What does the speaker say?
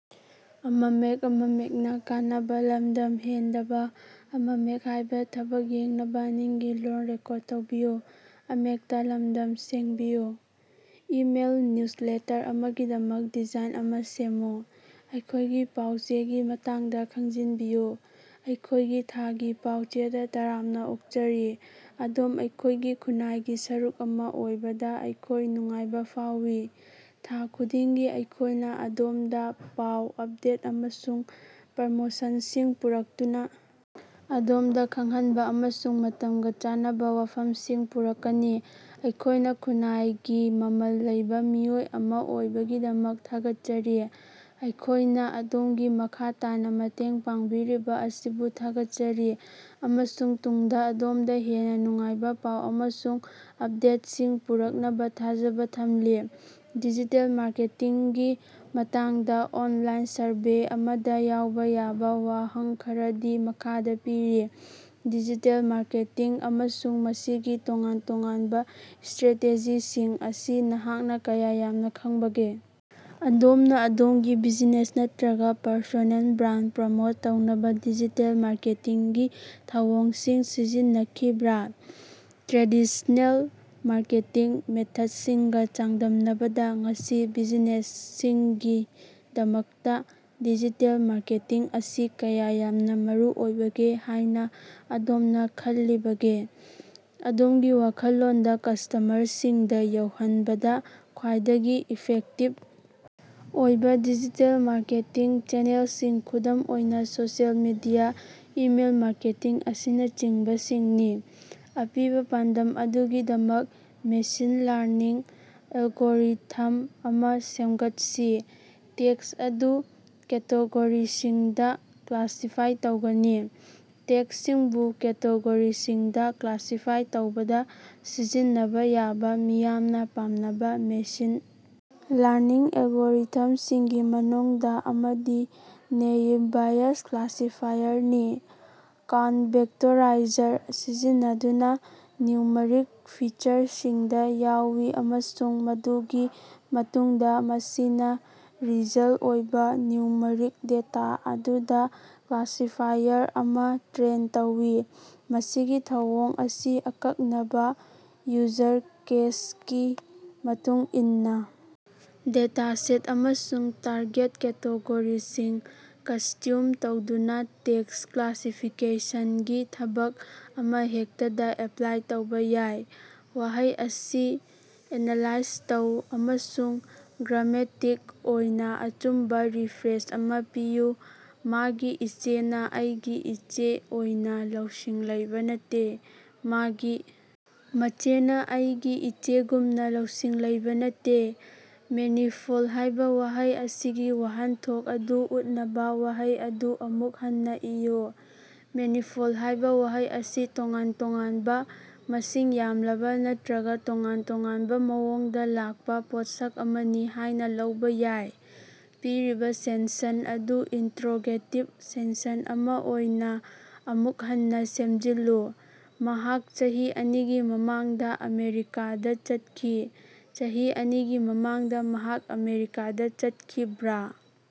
Email newsletter ꯑꯃꯒꯤꯗꯃꯛ design ꯑꯃꯥ ꯁꯦꯝꯃꯨ꯫ ꯑꯩꯈꯣꯏꯒꯤ ꯄꯥꯎ-ꯆꯦꯒꯤ ꯃꯇꯥꯡꯗꯥ ꯈꯪꯖꯤꯟꯕꯤꯌꯨ꯫ ꯑꯩꯈꯣꯏꯒꯤ ꯊꯥꯒꯤ ꯄꯥꯎꯆꯦꯗꯥ ꯇꯔꯥꯝꯅꯥ ꯑꯣꯛꯆꯔꯤ꯫ ꯑꯗꯣꯝ ꯑꯩꯈꯣꯏꯒꯤ ꯈꯨꯟꯅꯥꯏꯒꯤ ꯁꯔꯨꯛ ꯑꯃꯥ ꯑꯣꯏꯕꯗꯥ ꯑꯩꯈꯣꯏ ꯅꯨꯡꯉꯥꯏꯕꯥ ꯐꯥꯎꯏ꯫ ꯊꯥ ꯈꯨꯗꯤꯡꯒꯤ ꯑꯩꯈꯣꯏꯅꯥ ꯑꯗꯣꯝꯗꯥ ꯄꯥꯎ, ꯑꯞꯗꯦꯠ ꯑꯃꯁꯨꯡ ꯄ꯭ꯔꯃꯣꯁꯟꯁꯤꯡ ꯄꯨꯔꯛꯇꯨꯅꯥ ꯑꯗꯣꯝꯗꯥ ꯈꯪꯍꯟꯕꯥ ꯑꯃꯁꯨꯡ ꯃꯇꯝꯒꯥ ꯆꯥꯟꯅꯕꯥ ꯋꯥꯐꯝꯁꯤꯡ ꯄꯨꯔꯛꯀꯅꯤ꯫ ꯑꯩꯈꯣꯏꯒꯤ ꯈꯨꯟꯅꯥꯏꯒꯤ ꯃꯃꯜ ꯂꯩꯕꯥ ꯃꯤꯑꯣꯏ ꯑꯃꯥ ꯑꯣꯏꯕꯒꯤꯗꯃꯛ ꯊꯥꯒꯠꯆꯔꯤ꯫ ꯑꯩꯈꯣꯏꯅꯥ ꯑꯗꯣꯝꯒꯤ ꯃꯈꯥ ꯇꯥꯅꯥ ꯃꯇꯦꯡ ꯄꯥꯡꯕꯤꯔꯤꯕꯥ ꯑꯁꯤꯕꯨ ꯊꯥꯒꯠꯆꯔꯤ ꯑꯃꯁꯨꯡ ꯇꯨꯡꯗꯥ ꯑꯗꯣꯝꯗꯥ ꯍꯦꯟꯅꯥ ꯅꯨꯡꯉꯥꯏꯕꯥ ꯄꯥꯎ ꯑꯃꯁꯨꯡ ꯑꯞꯗꯦꯠꯁꯤꯡ ꯄꯨꯔꯛꯅꯕꯥ ꯊꯥꯖꯕꯥ ꯊꯝꯂꯤ꯫ ꯗꯤꯖꯤꯇꯦꯜ ꯃꯥꯔꯀꯦꯇꯤꯡꯒꯤ ꯃꯇꯥꯡꯗꯥ ꯑꯣꯟꯂꯥꯏꯟ ꯁꯔꯚꯦ ꯑꯃꯗꯥ ꯌꯥꯎꯕꯥ ꯌꯥꯕꯥ ꯋꯥꯍꯪ ꯈꯔꯗꯤ ꯃꯈꯥꯗꯥ ꯄꯤꯔꯤ: ꯗꯤꯖꯤꯇꯦꯜ ꯃꯥꯔꯀꯦꯇꯤꯡ ꯑꯃꯁꯨꯡ ꯃꯁꯤꯒꯤ ꯇꯣꯉꯥꯟ-ꯇꯣꯉꯥꯟꯕꯥ ꯏꯁꯇ꯭ꯔꯦꯇꯦꯖꯤꯁꯤꯡ ꯑꯁꯤ ꯅꯍꯥꯛꯅꯥ ꯀꯌꯥ ꯌꯥꯝꯅꯥ ꯈꯪꯕꯒꯦ? ꯑꯗꯣꯝꯅꯥ ꯑꯗꯣꯝꯒꯤ ꯕꯤꯖꯤꯅꯦꯁ ꯅꯠꯇ꯭ꯔꯒꯥ ꯄꯔꯁꯣꯅꯦꯜ ꯕ꯭ꯔꯥꯟ ꯄ꯭ꯔꯃꯣꯠ ꯇꯧꯅꯕꯥ ꯗꯤꯖꯤꯇꯦꯜ ꯃꯥꯔꯀꯦꯇꯤꯡꯒꯤ ꯊꯧꯑꯣꯡꯁꯤꯡ ꯁꯤꯖꯤꯟꯅꯈꯤꯕ꯭ꯔꯥ? ꯇ꯭ꯔꯦꯗꯤꯁꯅꯦꯜ ꯃꯥꯔꯀꯦꯇꯤꯡ ꯃꯦꯊꯠꯁꯤꯡꯒꯥ ꯆꯥꯡꯗꯝꯅꯕꯗꯥ ꯉꯁꯤ ꯕꯤꯖꯤꯅꯦꯁꯁꯤꯡꯒꯤꯗꯃꯛꯇꯥ ꯗꯤꯖꯤꯇꯦꯜ ꯃꯥꯔꯀꯦꯇꯤꯡ ꯑꯁꯤ ꯀꯌꯥ ꯌꯥꯝꯅꯥ ꯃꯔꯨꯑꯣꯏꯕꯒꯦ ꯍꯥꯏꯅꯥ ꯑꯗꯣꯝꯅꯥ ꯈꯜꯂꯤꯕꯒꯦ? ꯑꯗꯣꯝꯒꯤ ꯋꯥꯈꯜꯂꯣꯟꯗꯥ ꯀꯁ꯭ꯇꯃꯔꯁꯤꯡꯗꯥ ꯌꯧꯍꯟꯕꯗꯥ ꯈ꯭ꯋꯥꯏꯗꯒꯤ ꯏꯐꯦꯛꯇꯤꯕ ꯑꯣꯏꯕꯥ ꯗꯤꯖꯤꯇꯦꯜ ꯃꯥꯔꯀꯦꯇꯤꯡ ꯆꯦꯅꯦꯜꯁꯤꯡ ꯈꯨꯗꯝ ꯑꯣꯏꯅꯥ ꯁꯣꯁꯤꯑꯦꯜ ꯃꯤꯗꯤꯌꯥ, ꯏꯃꯦꯜ ꯃꯥꯔꯀꯦꯇꯤꯡ ꯑꯁꯤꯅꯆꯤꯡꯕꯁꯤꯡꯅꯤ꯫ ꯑꯄꯤꯕꯥ ꯄꯥꯟꯗꯝ ꯑꯗꯨꯒꯤꯗꯃꯛ ꯃꯦꯁꯤꯟ ꯂꯔꯅꯤꯡ ꯑꯦꯜꯒꯣꯔꯤꯊꯝ ꯑꯃꯥ ꯁꯦꯃꯒꯠꯁꯤ꯫ ꯇꯦꯛꯁ ꯑꯗꯨ ꯀꯦꯇꯦꯒꯣꯔꯤꯁꯤꯡꯗꯥ ꯀ꯭ꯂꯥꯁꯤꯐꯥꯏ ꯇꯧꯒꯅꯤ꯫ ꯇꯦꯛꯁꯁꯤꯡꯕꯨ ꯀꯦꯇꯦꯒꯣꯔꯤꯁꯤꯡꯗꯥ ꯀ꯭ꯂꯥꯁꯤꯐꯥꯏ ꯇꯧꯕꯗꯥ ꯁꯤꯖꯤꯟꯅꯕꯥ ꯌꯥꯕꯥ ꯃꯤꯌꯥꯝꯅꯥ ꯄꯥꯝꯅꯕꯥ ꯃꯦꯁꯤꯟ ꯂꯔꯅꯤꯡ ꯑꯦꯜꯒꯣꯔꯤꯊꯝꯁꯤꯡꯒꯤ ꯃꯅꯨꯡꯗꯥ ꯑꯃꯗꯤ ꯅꯦꯏꯞ ꯕꯥꯏꯌꯁ ꯀ꯭ꯂꯥꯁꯤꯐꯥꯏꯌꯔꯅꯤ꯫ ꯀꯥꯎꯟ-ꯚꯦꯛꯇꯣꯔꯥꯏꯖꯔ ꯁꯤꯖꯤꯟꯅꯗꯨꯅꯥ ꯅ꯭ꯌꯨꯃꯔꯤꯛ ꯐꯤꯆꯔꯁꯤꯡꯗꯥ ꯌꯥꯎꯏ ꯑꯃꯁꯨꯡ ꯃꯗꯨꯒꯤ ꯃꯇꯨꯡꯗꯥ ꯃꯁꯤꯅꯥ ꯔꯤꯖꯜ ꯑꯣꯏꯕꯥ ꯅ꯭ꯌꯨꯃꯔꯤꯛ ꯗꯦꯇꯥ ꯑꯗꯨꯗꯥ ꯀ꯭ꯂꯥꯁꯤꯐꯥꯏꯌꯔ ꯑꯃꯥ ꯇ꯭ꯔꯦꯟ ꯇꯧꯏ꯫ ꯃꯁꯤꯒꯤ ꯊꯧꯑꯣꯡ ꯑꯁꯤ ꯑꯀꯛꯅꯕꯥ ꯌꯨꯖꯔ ꯀꯦꯁꯀꯤ ꯃꯇꯨꯡ ꯏꯟꯅꯥ ꯗꯦꯇꯥꯁꯦꯠ ꯑꯃꯁꯨꯡ ꯇꯥꯔꯒꯦꯠ ꯀꯦꯇꯦꯒꯣꯔꯤꯁꯤꯡ ꯀꯁꯇ꯭ꯌꯨꯝꯁ ꯇꯧꯗꯨꯅꯥ ꯇꯦꯛꯁ ꯀ꯭ꯂꯥꯁꯤꯐꯤꯀꯦꯁꯟꯒꯤ ꯊꯕꯛ ꯑꯃꯍꯦꯛꯇꯗꯥ ꯑꯦꯄ꯭ꯂꯥꯏ ꯇꯧꯕꯥ ꯌꯥꯏ꯫ ꯋꯥꯍꯩ ꯑꯁꯤ ꯑꯦꯅꯥꯂꯥꯏꯖ ꯇꯧ ꯑꯃꯁꯨꯡ ꯒ꯭ꯔꯥꯃꯦꯇꯤꯛ ꯑꯣꯏꯅꯥ ꯑꯆꯨꯝꯕꯥ ꯔꯤꯐ꯭ꯔꯦꯖ ꯑꯃꯥ ꯄꯤꯌꯨ꯫ ꯃꯥꯒꯤ ꯏꯆꯦꯅꯥ ꯑꯩꯒꯤ ꯏꯆꯦ ꯑꯣꯏꯅꯥ ꯂꯧꯁꯤꯡ ꯂꯩꯕꯥ ꯅꯠꯇꯦ꯫ ꯃꯥꯒꯤ ꯃꯆꯦꯅꯥ ꯑꯩꯒꯤ ꯏꯆꯦꯒꯨꯝꯅꯥ ꯂꯧꯁꯤꯡ ꯂꯩꯕꯥ ꯅꯠꯇꯦ꯫ ꯃꯦꯅꯤꯐꯣꯜ ꯍꯥꯏꯕꯥ ꯋꯥꯍꯩ ꯑꯁꯤꯒꯤ ꯋꯥꯍꯟꯊꯣꯛ ꯑꯗꯨ ꯎꯠꯅꯕꯥ ꯋꯥꯍꯩ ꯑꯗꯨ ꯑꯃꯨꯛ ꯍꯟꯅꯥ ꯏꯌꯨ꯫ ꯃꯦꯅꯤꯐꯣꯜ ꯍꯥꯏꯕꯥ ꯋꯥꯍꯩ ꯑꯁꯤ ꯇꯣꯉꯥꯟ-ꯇꯣꯉꯥꯟꯕꯥ, ꯃꯁꯤꯡ ꯌꯥꯝꯂꯕꯥ ꯅꯠꯇ꯭ꯔꯒꯥ ꯇꯣꯉꯥꯟ-ꯇꯣꯉꯥꯟꯕꯥ ꯃꯑꯣꯡꯗꯥ ꯂꯥꯛꯄꯥ ꯄꯣꯠꯁꯛ ꯑꯃꯅꯤ ꯍꯥꯏꯅꯥ ꯂꯧꯕꯥ ꯌꯥꯏ꯫ ꯄꯤꯔꯤꯕꯥ ꯁꯦꯟꯁꯟ ꯑꯗꯨ ꯏꯟꯇ꯭ꯔꯣꯒꯦꯇꯤꯚ ꯁꯦꯟꯁꯟ ꯑꯃꯥ ꯑꯣꯏꯅꯥ ꯑꯃꯨꯛ ꯍꯟꯅꯥ ꯁꯦꯝꯖꯤꯜꯂꯨ꯫ ꯃꯍꯥꯛ ꯆꯍꯤ ꯑꯅꯤꯒꯤ ꯃꯃꯥꯡꯗꯥ ꯑꯃꯦꯔꯤꯀꯥꯗꯥ ꯆꯠꯈꯤ꯫ ꯆꯍꯤ ꯑꯅꯤꯒꯤ ꯃꯃꯥꯡꯗꯥ ꯃꯍꯥꯛ ꯑꯃꯦꯔꯤꯀꯥꯗꯥ ꯆꯠꯈꯤꯕ꯭ꯔꯥ?